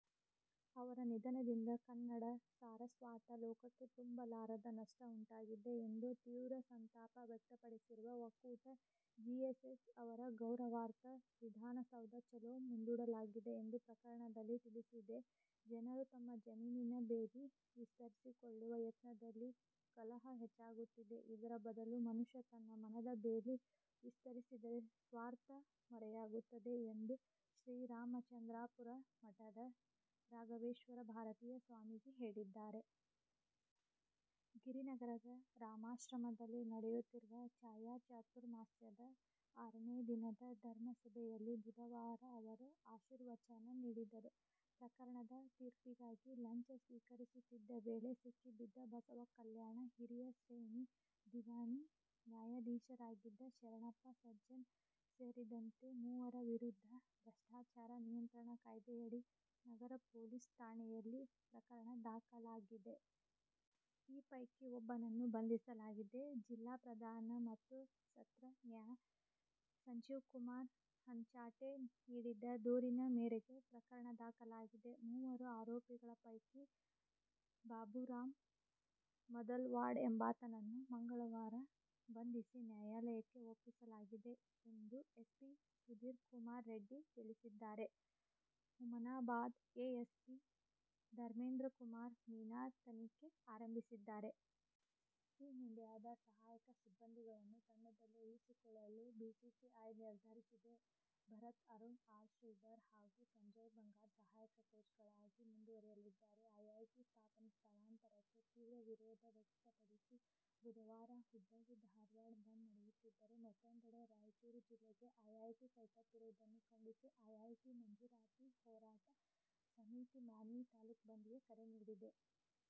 ಅವರ ನಿಧನದಿಂದ ಕನ್ನಡ ಸಾರಸ್ವತಾ ಲೋಕಕ್ಕೆ ತುಂಬಲಾರದ ನಷ್ಟ ಉಂಟಾಗಿದೆ ಎಂದು ತೀವ್ರ ಸಂತಾಪ ವ್ಯಕ್ತಪಡಿಸಿರುವ ಒಕ್ಕೂಟ, ಜಿಎಸ್ಎಸ್ ಅವರ ಗೌರವಾರ್ಥ ವಿಧಾನಸೌಧ ಚಲೋ ಮುಂದೂಡಲಾಗಿದೆ ಎಂದು ಪ್ರಕಟಣೆಯಲ್ಲಿ ತಿಳಿಸಿದೆ. ಜನರು ತಮ್ಮ ಜಮೀನಿನ ಬೇಲಿ ವಿಸ್ತರಿಸಿಕೊಳ್ಳುವ ಯತ್ನದಲ್ಲಿ ಕಲಹ ಹೆಚ್ಚಾಗುತ್ತಿದೆ. ಇದರ ಬದಲು ಮನುಷ್ಯ ತನ್ನ ಮನದ ಬೇಲಿ ವಿಸ್ತರಿಸಿದರೆ ಸ್ವಾರ್ಥ ಮರೆಯಾಗುತ್ತದೆ ಎಂದು ಶ್ರೀರಾಮಚಂದ್ರಾಪುರ ಮಠದ ರಾಘವೇಶ್ವರ ಭಾರತೀ ಸ್ವಾಮೀಜಿ ಹೇಳಿದ್ದಾರೆ. ಗಿರಿನಗರದ ರಾಮಾಶ್ರಮಯದಲ್ಲಿ ನಡೆಯುತ್ತಿರುವ ಛಾತ್ರ ಚಾತುರ್ಮಾಸ್ಯದ ಆರನೇ ದಿನದ ಧರ್ಮ ಸಭೆಯಲ್ಲಿ ಬುಧವಾರ ಅವರು ಆಶೀರ್ವಚನ ನೀಡಿದರು. ಪ್ರಕರಣದ ತೀರ್ಪಿಗಾಗಿ ಲಂಚ ಸ್ವೀಕರಿಸುತ್ತಿದ್ದ ವೇಳೆ ಸಿಕ್ಕಿಬಿದ್ದ ಬಸವಕಲ್ಯಾಣ ಹಿರಿಯ ಶ್ರೇಣಿ ದಿವಾಣಿ ನ್ಯಾಯಾಧೀಶರಾಗಿದ್ದ ಶರಣಪ್ಪ ಸಜ್ಜನ ಸೇರಿದಂತೆ ಮೂವರ ವಿರುದ್ಧ ಭ್ರಷ್ಟಾಚಾರ ನಿಯಂತ್ರಣ ಕಾಯ್ದೆಯಡಿ ನಗರ ಪೊಲೀಸ್ ಠಾಣೆಯಲ್ಲಿ ಪ್ರಕರಣ ದಾಖಲಾಗಿದೆ. ಈ ಪೈಕಿ ಒಬ್ಬನನ್ನು ಬಂಧಿಸಲಾಗಿದೆ. ಜಿಲ್ಲಾ ಪ್ರಧಾನ ಮತ್ತು ಸತ್ರ ನ್ಯಾ. ಸಂಜೀವಕುಮಾರ ಹಂಚಾಟೆ ನೀಡಿದ ದೂರಿನ ಮೇರೆಗೆ ಪ್ರಕರಣ ದಾಖಲಾಗಿದೆ. ಮೂವರು ಆರೋಪಿಗಳ ಪೈಕಿ ಬಾಬುರಾವ್ ಮದಲವಾಡ ಎಂಬಾತನನ್ನು ಮಂಗಳವಾರ ಬಂಧಿಸಿ ನ್ಯಾಯಾಲಯಕ್ಕೆ ಒಪ್ಪಿಸಲಾಗಿದೆ ಎಂದು ಎಸ್ಪಿ ಸುಧೀರಕುಮಾರ ರೆಡ್ಡಿ ತಿಳಿಸಿದ್ದಾರೆ. ಹುಮನಾಬಾದ ಎಎಸ್ಪಿ ಧಮೇಂದ್ರಕುಮಾರ ಮೀನಾ ತನಿಖೆ ಆರಂಭಿಸಿದ್ದಾರೆ. ಟೀಂ ಇಂಡಿಯಾದ ಸಹಾಯಕ ಸಿಬ್ಬಂದಿಗಳನ್ನು ತಂಡದಲ್ಲೇ ಉಳಿಸಿಕೊಳ್ಳಲು ಬಿಸಿಸಿಐ ನಿರ್ಧರಿಸಿದೆ. ಭರತ್ ಅರುಣ್, ಆರ್. ಶ್ರೀಧರ್ ಹಾಗೂ ಸಂಜಯ್ ಬಂಗಾರ್ ಸಹಾಯಕ ಕೋಚ್ಗಳಾಗಿ ಮುಂದುವರಿಯಲಿದ್ದಾರೆ. ಐಐಟಿ ಸ್ಥಾಪನೆ ಸ್ಥಳಾಂತರಕ್ಕೆ ತೀವ್ರ ವಿರೋಧ ವ್ಯಕ್ತಪಡಿಸಿ ಬುಧವಾರ ಹುಬ್ಬಳ್ಳಿ, ಧಾರವಾಡ ಬಂದ್ ನಡೆಯುತ್ತಿದ್ದರೆ, ಮತ್ತೊಂದೆಡೆ ರಾಯಚೂರು ಜಿಲ್ಲೆಗೆ ಐಐಟಿ ಕೈತಪ್ಪಿರುವುದನ್ನು ಖಂಡಿಸಿ ಐಐಟಿ ಮಂಜೂರಾತಿ ಹೋರಾಟ ಸಮಿತಿ ಮಾನ್ವಿ ತಾಲೂಕು ಬಂದ್ ಗೆ ಕರೆ ನೀಡಿದೆ.